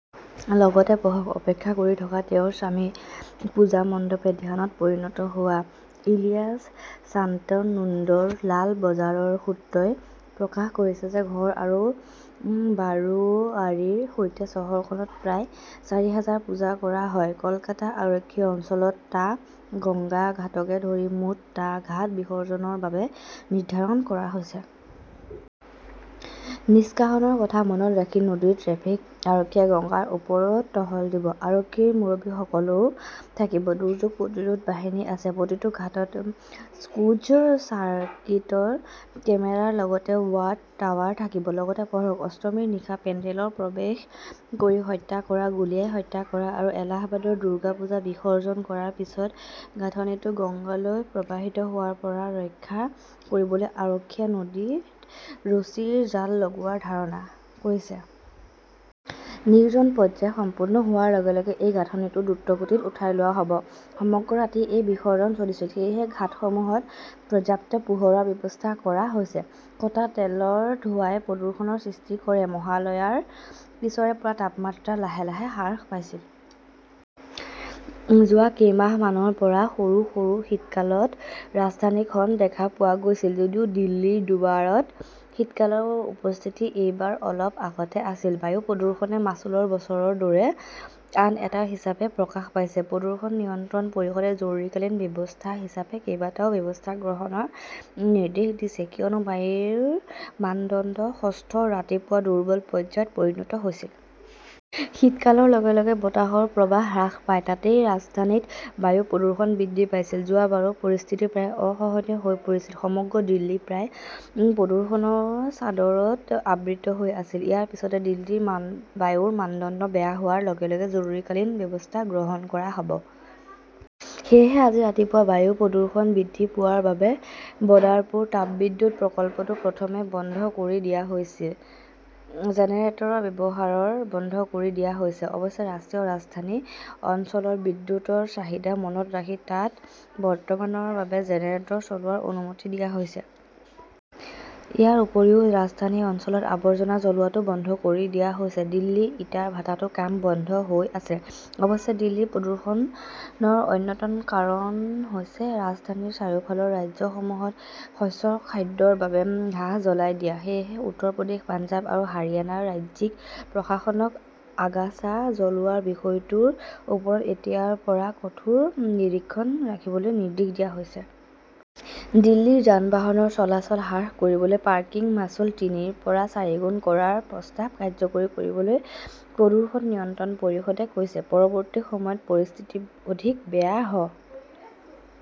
লগতে পঢ়কঃ অপেক্ষা কৰি থকা তেওঁৰ স্বামী, পূজা মণ্ডপে ধ্যানত পৰিণত হোৱা ইলিয়াছ শান্তানুন্দৰ লাল বজাৰৰ সূত্ৰই প্ৰকাশ কৰিছে যে ঘৰ আৰু বাৰোৱাৰীৰ সৈতে চহৰখনত প্ৰায় চাৰি হাজাৰ পূজা কৰা হয়। কলকাতা আৰক্ষী অঞ্চলত টা গংগা ঘাটকে ধৰি মুঠ টা ঘাট বিসৰ্জনৰ বাবে নিৰ্ধাৰণ কৰা হৈছে। নিষ্কাশনৰ কথা মনত ৰাখি নদীৰ ট্ৰেফিক আৰক্ষীয়ে গংগাৰ ওপৰত টহল দিব। আৰক্ষীৰ মুৰব্বীসকলও থাকিব। দুৰ্যোগ প্ৰতিৰোধ বাহিনী আছে। প্ৰতিটো ঘাটত ক্লোজ্ড চাৰ্কিট কেমেৰাৰ লগতে ৱাচ-টাৱাৰ থাকিব। লগতে পঢ়কঃ অষ্টমীৰ নিশা পেণ্ডেলত প্ৰৱেশ কৰি হত্যা কৰা, গুলীয়াই হত্যা কৰা আৰু এলাহাবাদৰ দুৰ্গা পূজা বিসৰ্জন কৰাৰ পিছত গাঁথনিটো গঙ্গালৈ প্ৰবাহিত হোৱাৰ পৰা ৰক্ষা কৰিবলৈ আৰক্ষীয়ে নদীত ৰছীৰ জাল লগোৱাৰ ধাৰণা কৰিছে। নিৰ্জন পৰ্যায় সম্পূৰ্ণ হোৱাৰ লগে লগে এই গাঁথনিটো দ্ৰুতগতিত উঠাই লোৱা হ "ব। সমগ্ৰ ৰাতি এই বিসৰ্জন চলিছিল। সেয়েহে ঘাটসমূহত পৰ্যাপ্ত পোহৰৰ ব্যৱস্থা কৰা হৈছে। কটা তেলৰ ধোঁৱাই প্ৰদূষণৰ সৃষ্টি কৰে মাহালয়ৰ পিছৰে পৰা তাপমাত্ৰা লাহে লাহে হ্ৰাস পাইছিল। যোৱা কেইমাহমানৰ পৰা সৰু সৰু শীতকালত ৰাজধানীখন দেখা পোৱা গৈছিল। যদিও দিল্লীৰ দুৱাৰত শীতকালৰ উপস্থিতি এইবাৰ অলপ আগতে আছিল, বায়ু প্ৰদূষণে মাচুলৰ বছৰৰ দৰে আন এটা হিচাপে প্ৰকাশ পাইছে। প্ৰদূষণ নিয়ন্ত্ৰণ পৰিষদে জৰুৰীকালীন ব্যৱস্থা হিচাপে কেইবাটাও ব্যৱস্থা গ্ৰহণৰ নিৰ্দেশ দিছে কিয়নো বায়ুৰ মানদণ্ড ষষ্ঠৰ ৰাতিপুৱা 'দুৰ্বল "পৰ্যায়ত পৰিণত হৈছিল। শীতকালৰ লগে লগে বতাহৰ প্ৰৱাহ হ্ৰাস পায়। তাতেই ৰাজধানীত বায়ু প্ৰদূষণ বৃদ্ধি পাইছিল। যোৱা বাৰো পৰিস্থিতি প্ৰায় অসহনীয় হৈ পৰিছিল। সমগ্ৰ দিল্লী প্ৰায় প্ৰদূষণৰ চাদৰত আবৃত হৈ আছিল। ইয়াৰ পিছতে, দিল্লীৰ বায়ুৰ মানদণ্ড বেয়া হোৱাৰ লগে লগে জৰুৰীকালীন ব্যৱস্থা গ্ৰহণ কৰা হ "ব। সেয়েহে আজি ৰাতিপুৱা বায়ু প্ৰদূষণ বৃদ্ধি পোৱাৰ বাবে বদাৰপুৰ তাপবিদ্যুৎ প্ৰকল্পটো প্ৰথমে বন্ধ কৰি দিয়া হৈছে। জেনেৰেটৰৰ ব্যৱহাৰ বন্ধ কৰি দিয়া হৈছে। অৱশ্যে, ৰাষ্ট্ৰীয় ৰাজধানী অঞ্চলৰ বিদ্যুৎৰ চাহিদা মনত ৰাখি তাত বৰ্তমানৰ বাবে জেনেৰেটৰ চলোৱাৰ অনুমতি দিয়া হৈছে। ইয়াৰ উপৰিও ৰাজধানী অঞ্চলত আৱৰ্জনা জ্বলোৱাটো বন্ধ কৰি দিয়া হৈছে। দিল্লীৰ ইটাৰ ভাটাতো কাম বন্ধ হৈ আছে। অৱশ্যে, দিল্লীৰ প্ৰদূষণৰ অন্যতম কাৰণ হৈছে ৰাজধানীৰ চাৰিওফালৰ ৰাজ্যসমূহত শস্যৰ খাদ্যৰ বাবে ঘাঁহ জ্বলাই দিয়া। সেয়েহে উত্তৰ প্ৰদেশ, পঞ্জাৱ আৰু হাৰিয়ানাৰ ৰাজ্যিক প্ৰশাসনক আগাছা জ্বলোৱাৰ বিষয়টোৰ ওপৰত এতিয়াৰ পৰা কঠোৰ নিৰীক্ষণ ৰাখিবলৈ নিৰ্দেশ দিয়া হৈছে। দিল্লীৰ যান-বাহনৰ চলাচল হ্ৰাস কৰিবলৈ পাৰ্কিং মাচুল তিনিৰ পৰা চাৰিগুণ কৰাৰ প্ৰস্তাৱ কাৰ্যকৰী কৰিবলৈ প্ৰদূষণ নিয়ন্ত্ৰণ পৰিষদে কৈছে। পৰৱৰ্তী সময়ত পৰিস্থিতি অধিক বেয়া হ